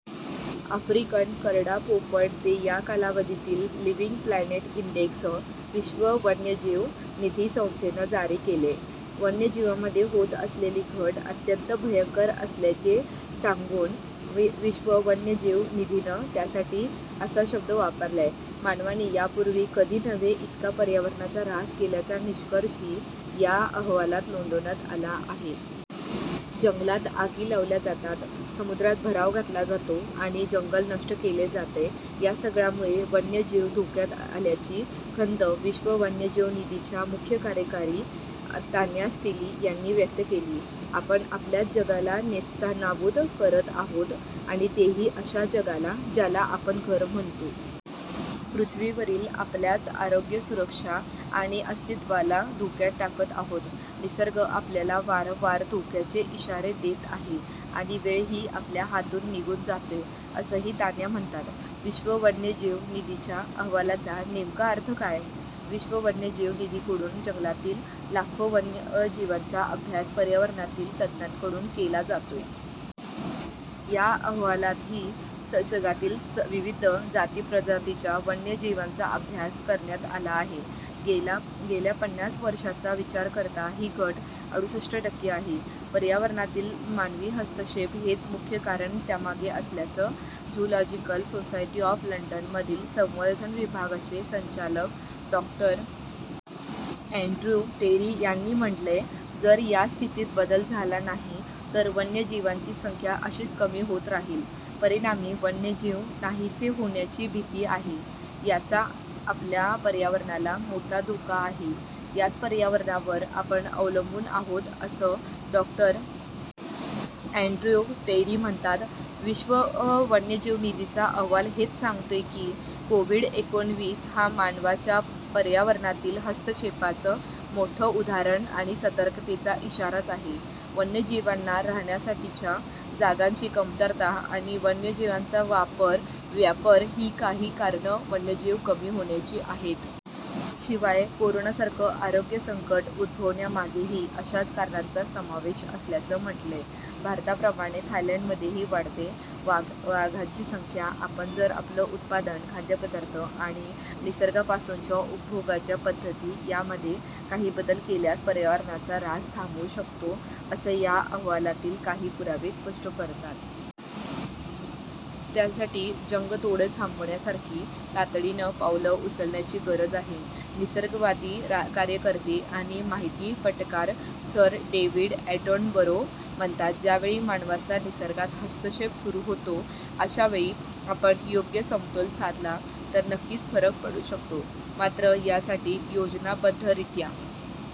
African करडा पोपट ते या कालावधीतील 'लिव्हिंग प्लॅनेट इंडेक्स' विश्व वन्यजीव निधी संस्थेनं जारी केलंय. वन्यजीवांमध्ये होत असलेली घट अत्यंत भयंकर असल्याचं सांगून विश्व वन्यजीव निधीनं त्यासाठी असा शब्द वापरलाय. मानवाने यापूर्वी कधी नव्हे इतका पर्यावरणाचा ऱ्हास केल्याचा निष्कर्षही या अहवालात नोंदवण्यात आला आहे. जंगलात आगी लावल्या जातात समुद्रात भराव घातला जातो आणि जंगल नष्ट केलं जातंय, या सगळ्यामुळे वन्यजीव धोक्यात आल्याची खंत विश्व वन्यजीव निधीच्या मुख्य कार्यकारी तान्या स्टिली यांनी व्यक्त केली. आपण आपल्याच जगाला नेस्तनाबूत करत आहोत आणि तेही अशा जगाला ज्याला आपण घर म्हणतो. पृथ्वीवरील आपलयाच आरोग्य सुरक्षा आणि अस्तित्त्वालाच धोक्यात टाकत आहोत. निसर्ग आपल्याला वारंवर धोक्याचे इशारे देत आहे आणि वेळही आपल्या हातून निघून जातोय असंही तान्या म्हणतात. विश्व वन्यजीव निधीच्या अहवालाचा नेमका अर्थ काय? विश्व वन्यजीव निधीकडून जंगलातील लाखो वन्यजीवांचा अभ्यास पर्यावरणातील तज्ज्ञांकडून केला जातो. या अहवालातही जगातील विविध जाती-प्रजातींच्या वन्यजीवांचा अभ्यास करण्यात आला आहे. गेल्या पन्नास वर्षांचा विचार करता ही घट अडुसष्ट टक्के आहे. पर्यावरणातील मानवी हस्तक्षेप हेच मुख्य कारण त्यामागे असल्याचं झूलॉजिकल सोसायटी ऑफ लंडन मधील संवर्धन विभागाचे संचालक डॉ. अँड्र्यू टेरी यांनी म्हटलंय. जर या स्थितीत बदल झाला नाही, तर वन्यजीवांची संख्या अशीच कमी होत राहील, परिणामी वन्यजीव नाहीसे होण्याची भीती आहे, याचा आपल्या पर्यावरणाला मोठा धोका आहे. याच पर्यावरणावर आपण अवलंबून आहोत असं डॉ. अँड्र्यू टेरी म्हणतात. विश्व वन्यजीव निधीचा अहवाल हेच सांगतोय की, कोव्हिड-एकोणविस हा मानवाच्या पर्यावरणातील हस्तक्षेपाचं मोठं उदाहरण आणि सतर्कतेचा इशाराच आहे. वन्यजीवांना राहण्यासाठीच्या जागांची कमतरता आणि वन्यजीवांचा वापर, व्यापर ही काही कारणं वन्यजीव कमी होण्याची आहेत. शिवाय, कोरोनासारखं आरोग्य संकट उद्भवण्यामागेही अशाच कारणांचा समावेश असल्याचं म्हटलंय. भारताप्रमाणे थायलंडमध्येही वाढतेय वाघांची संख्या आपण जर आपलं उत्पादन, खाद्यपदार्थ आणि निसर्गापासूनच्या उपभोगाच्या पद्धती यांमध्ये काही बदल केल्यास पर्यावरणाचा ऱ्हास थांबवू शकतो, असं या अहवालातील काही पुरावे स्पष्ट करतात. त्यासाठी जंगतोड थांबवण्यासारखी तातडीनं पावलं उचलण्याची गरज आहे. निसर्गवादी कार्यकर्ते आणि माहितीपटकार सर डेव्हिड अॅटनबरो म्हणतात, ज्यावेळी मानवाचा निसर्गात हस्तक्षेप सुरू होतो, अशावेळी आपण योग्य समतोल साधला, तर नक्कीच फरक पडू शकतो. मात्र, यासाठी योजनाबद्धरित्या